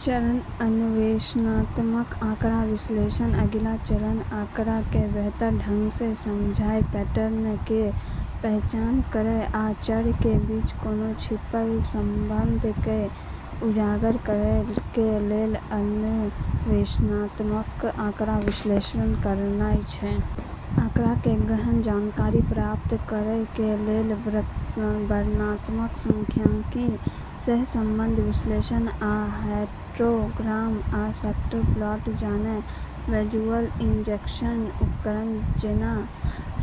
चरण: अन्वेषणात्मक आँकड़ा विश्लेषण अगिला चरण आँकड़ा कें बेहतर ढंग सं समझय, पैटर्न कें पहचान करय आ चर कें बीच कोनों छिपल संबंधक कें उजागर करय कें लेल अन्वेषणात्मक आँकड़ा विश्लेषण करनाय छै. आंकड़ा कें गहन जानकारी प्राप्त करय कें लेल वर्णनात्मक सांख्यिकी, सहसंबंध विश्लेषण, आ हिस्टोग्राम आ स्कैटर प्लॉट जैना विजुअलाइजेशन उपकरण जैना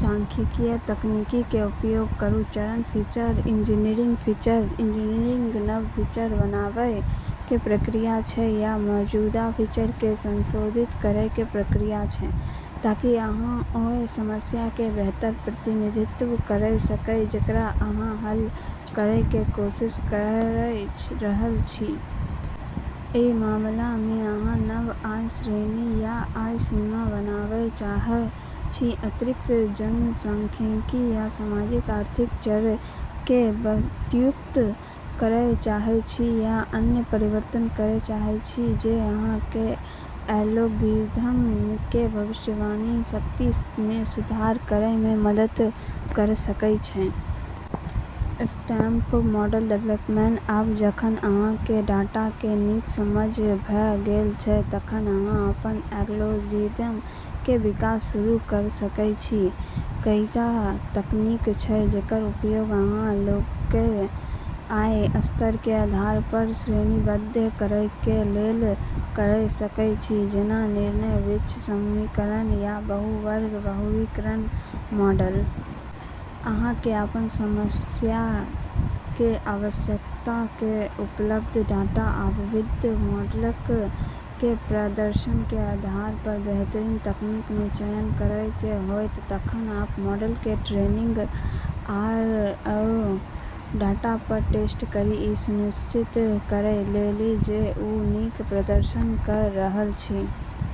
सांख्यिकीय तकनीक कें उपयोग करूं. चरण: फीचर इंजीनियरिंग फीचर इंजीनियरिंग नव फीचर बनाबय कें प्रक्रिया छै या मौजूदा फीचर कें संशोधित करय कें प्रक्रिया छै ताकि अहां ओय समस्या कें बेहतर प्रतिनिधित्व करय सकय जेकरा अहां हल करय कें कोशिश करय रहल छी. अइ मामला मे, अहां नव आय श्रेणी या आय सीमा बनाबय चाहय छी, अतिरिक्त जनसांख्यिकीय या सामाजिक आर्थिक चर कें व्युत्पन्न करय चाहय छी, या अन्य परिवर्तन करय चाहय सकय छी जे अहां कें एल्गोरिदम कें भविष्यवाणी शक्ति मे सुधार करय मे मदद कयर सकय छै. स्टेप: मॉडल डेवलपमेंट आब जखन अहां कें डाटा कें नीक समझ भ गेल छै, तखन अहां अपन एल्गोरिदम कें विकास शुरू कयर सकय छी. कईटा तकनीक छै जेकर उपयोग अहां लोगक कें आय स्तर कें आधार पर श्रेणीबद्ध करय कें लेल कयर सकय छी, जेना निर्णय वृक्ष, समूहीकरण, या बहु-वर्ग वर्गीकरण मॉडल. अहां कें अपन समस्या कें आवश्यकताक, उपलब्ध डाटा, आ विभिन्न मॉडलक कें प्रदर्शन कें आधार पर बेहतरीन तकनीक कें चयन करय कें होयत. तखन अपन मॉडल के ट्रेनिंग आओर डाटा पर टेस्ट करि ई सुनिश्चित करय लेल जे ओ नीक प्रदर्शन क रहल अछि.